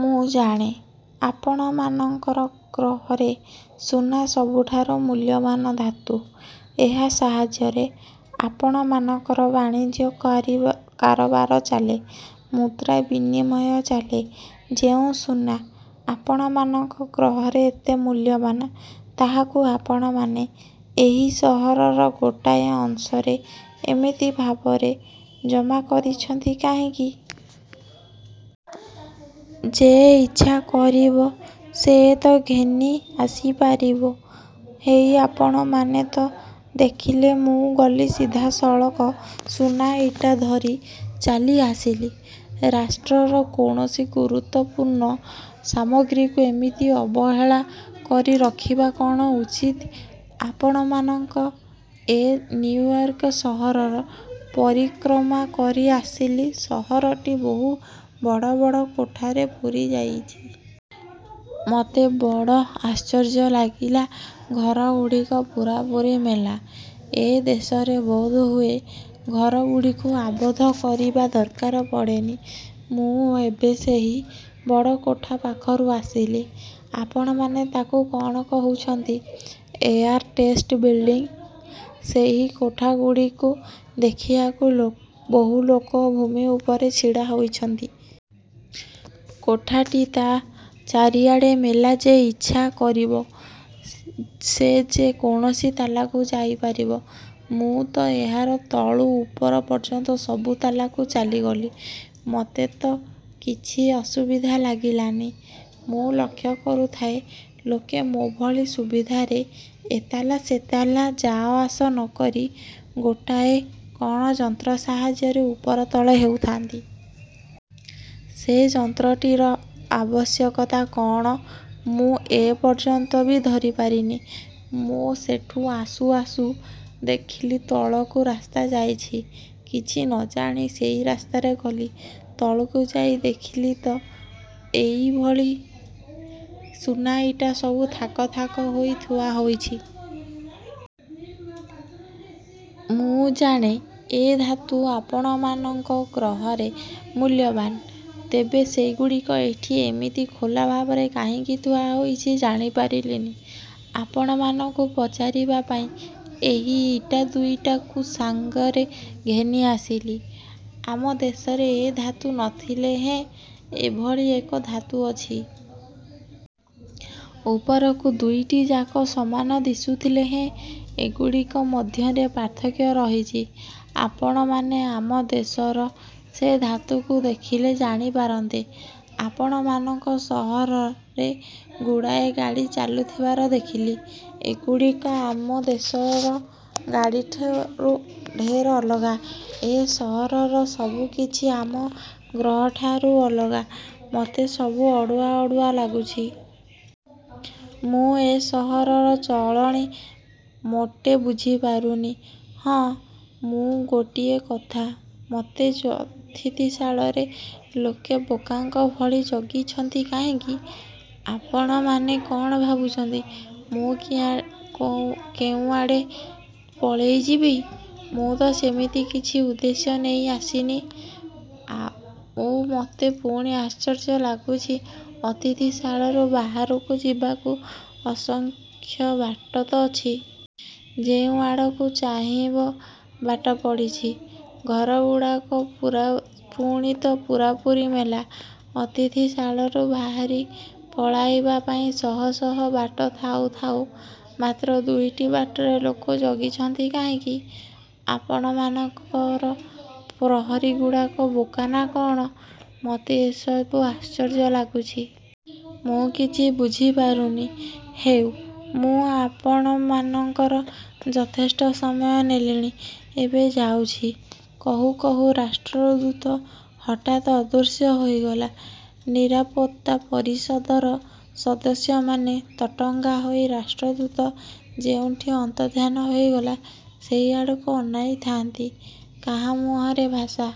ମୁଁ ଜାଣେ ଆପଣମାନଙ୍କ ଗ୍ରହରେ ସୁନା ସବୁଠାରୁ ମୂଲ୍ୟବାନ ଧାତୁ। ଏହା ସାହାଯ୍ୟରେ ଆପଣମାନଙ୍କର ବାଣିଜ୍ୟ କାରବାର ଚାଲେ, ମୁଦ୍ରା ବିନିମୟ ଚାଲେ। ଯେଉଁ ସୁନା ଆପଣମାନଙ୍କ ଗ୍ରହରେ ଏତେ ମୂଲ୍ୟବାନ, ତାହାକୁ ଆପଣମାନେ ଏହି ସହରର ଗୋଟାଏ ଅଂଶରେ ଏମିତି ଖୋଲା ଭାବରେ ଜମା କରିଛନ୍ତି କାହିଁକି? ଯେ ଇଚ୍ଛା କରିବ ସେ ତ ଘେନି ଆସିପାରିବା ହେଇ ଆପଣମାନେ ତ ଦେଖିଲେ ମୁଁ ଗଲି ସିଧାସଳଖ ସୁନାଇଟା ଧରି ଚାଲିଆସିଲି। ରାଷ୍ଟ୍ରର କୌଣସି ଗୁରୁତ୍ୱପୂର୍ଣ୍ଣ ସାମଗ୍ରୀକୁ ଏମିତି ଅବହେଳା କରି ରଖିବା କ'ଣ ଉଚିତ? ଆପଣମାନଙ୍କ ଏ ନିଉୟର୍କ ସହର ପରିକ୍ରମା କରି ଆସିଲି ସହରଟି ବହୁ ବଡ଼ ବଡ଼ କୋଠାରେ ପୂରିଯାଇଛି। ମୋତ ବଡ଼ ଆଶ୍ଚର୍ଯ୍ୟ ଲାଗିଲା ଘରଗୁଡ଼ିକ ପୂରାପୂରି ମେଲା ଏ ଦେଶରେ ବୋଧହୁଏ ଘରଗୁଡ଼ିକୁ ଆବଦ୍ଧ କରିବା ଦରକାର ପଡ଼େନି। ମୁଁ ଏବେ ସେହି ବଡ଼ କୋଠାପାଖରୁ ଆସିଲି। ଆପଣମାନେ ତାକୁ କ'ଣ କହୁଛନ୍ତି, ଏମ୍ପାୟାରଷ୍ଟେଟ୍ ବିଲଡିଂ। ସେହି କୋଠାଟିକୁ ଦେଖିବାକୁ ବହୁଲୋକ ଭୂମି ଉପରେ ଛିଡ଼ା ହୋଇଛନ୍ତି। କୋଠାଟି ତା ଚାରିଆଡ଼େ ମେଲା ଯେ ଇଚ୍ଛା କରିବ ସେ ଯେ କୌଣସି ତାଲାକୁ ଯାଇପାରିବ। ମୁଁ ତ ଏହାର ତଳୁ ଉପର ପର୍ଯ୍ୟନ୍ତ ସବୁ ତାଲାକୁ ଚାଲିଗଲି। ମୋତେ ତ କିଛି ଅସୁବିଧା ଲାଗିଲାନି। ମୁଁ ଲକ୍ଷ୍ୟ କରୁଥାଏ, ଲୋକେ ମୋ ଭଳି ସୁବିଧାରେ ଏ ତାଲା ସେ ତାଲା ଯା-ଆସ ନ କରି ଗୋଟାଏ କ'ଣ ଯନ୍ତ୍ର ସାହାଯ୍ୟରେ ଉପରତଳ ହେଉଥାନ୍ତି। ସେ ଯନ୍ତ୍ରଟିର ଆବଶ୍ୟକତା କଅଣ ମୁଁ ଏ ପର୍ଯ୍ୟନ୍ତ ବି ଧରିପାରିନି। ମୁଁ ସେଠୁଁ ଆସୁଁ ଆସୁଁ ଦେଖିଲି ତଳକୁ ରାସ୍ତାଟିଏ ଯାଇଛି। କିଛି ନ ଜାଣି ସେହି ରାସ୍ତାରେ ଗଲି। ତଳକୁ ଯାଇଦେଖିଲି ଏହି ଭଳି ସୁନାଇଟା ସବୁ ଥାକ ଥାକ ହୋଇ ଥୁଆ ହୋଇଛି। ମୁଁ ଜାଣେ ଏ ଧାତୁ ଆପଣମାନଙ୍କ ଗ୍ରହରେ ମୂଲ୍ୟବାନ। ତେବେ ସେଗୁଡ଼ିକ ଏଠି ଏମିତି ଖୋଲାଭାବରେ କାହିଁକି ଥୁଆହୋଇଛି ଜାଣିପାରିଲିନି ଆପଣମାନଙ୍କୁ ପଚାରିବା ପାଇଁ ଏହି ଇଟା ଦୁଇଟିକୁ ସଙ୍ଗରେ ଘେନିଆସିଲି। ଆମ ଦେଶରେ ଏ ଧାତୁ ନ ଥିଲେ ହେଁ ଏଭଳି ଏକ ଧାତୁ ଅଛି। ଉପରକୁ ଦୁଇଟିଯାକ ସମାନ ଦିଶୁଥିଲେ ହେଁ ଏଗୁଡ଼ିକ ମଧ୍ୟରେ ପାର୍ଥକ୍ୟ ରହିଛି। ଆପଣମାନେ ଆମଦେଶର ସେ ଧାତୁକୁ ଦେଖିଲେ ଜାଣିପାରନ୍ତେ। ଆପଣମାନଙ୍କ ସହରରେ ଗୁଡ଼ାଏ ଗାଡ଼ି ଚାଲୁଥିବାର ଦେଖିଲି। ଏଗୁଡ଼ାକ ଆମ ଦେଶର ଗାଡ଼ିଠାରୁ ଢେର ଅଲଗା ଏ ସହରର ସବୁ କିଛି ଆମ ଗ୍ରହଠାରୁ ଅଲଗା ମୋତେ ସବୁ ଅଡ଼ୁଆ ଅଡ଼ୁଆ ଲାଗୁଛି। ମୁଁ ଏ ସହରର ଚଳଣି ମୋଟେ ବୁଝି ପାରୁନି। ହଁ ଆଉ ଗୋଟିଏ କଥା ମୋତେ ଅତିଥିଶାଳାରେ ଲୋକେ ବୋକାଙ୍କ ଭଳି ଜଗି ଛନ୍ତି କାହିଁକି? ଆପଣମାନେ କ'ଣ ଭାବୁଛନ୍ତି ମୁଁ କେଉଁଆଡ଼େ ପଳାଇଯିବି? ମୁଁ ତ ସେମିତି କିଛି ଉଦ୍ଦେଶ୍ୟ ନେଇ ଆସିନି। ଆଉ ମୋତେ ପୁଣି ଆଶ୍ଚର୍ଯ୍ୟ ଲାଗୁଛି ଅତିଥିଶାଳାରୁ ବାହାରକୁ ଯିବାକୁ ଅସଂଖ୍ୟ ବାଟ ତ ଅଛି। ଯେଉଁ ଆଡ଼କୁ ଚାହିଁବ ବାଟ ପଡ଼ିଛି। ଘରଗୁଡ଼ାକ ପୁଣି ତ ପୂରାପୂରି ମେଲା। ଅତିଥିଶାଳାରୁ ବାହାରି ପଳାଇବା ପାଇଁ ଶହ ଶହ ବାଟ ଥାଉ ଥାଉ ମାତ୍ର ଦୁଇଟି ବାଟରେ ଲୋକେ ଜଗିଛନ୍ତି କାହିଁକି? ଆପଣମାନଙ୍କ ପ୍ରହରୀଗୁଡ଼ାକ ବୋକା ନା କଅଣ? ମୋତେ ଏସବୁ ଆଶ୍ଚର୍ଯ୍ୟ ଲାଗୁଛି। ମୁଁ କିଛି ବୁଝିପାରୁନି। ହେଉ ମୁଁ ଆପଣମାନଙ୍କର ଯଥେଷ୍ଟ ସମୟ ନେଲିଣି ଏବେ ଯାଉଛି। କହୁ କହୁ ରାଷ୍ଟ୍ରଦୂତ ହଠାତ୍ ଅଦୃଶ୍ୟ ହୋଇଗଲା ନିରାପତ୍ତାପରିଷଦର ସଦସ୍ୟମାନେ ତାଟଙ୍ଗା ହୋଇ ରାଷ୍ଟ୍ରଦୂତ ଯେଉଁଠି ଅନ୍ତର୍ଦ୍ଧାନ ହୋଇଗଲା ସେହି ଆଡ଼କୁ ଅନାଇ ରହିଥାନ୍ତି। କାହା ମୁହଁରେ ଭାଷା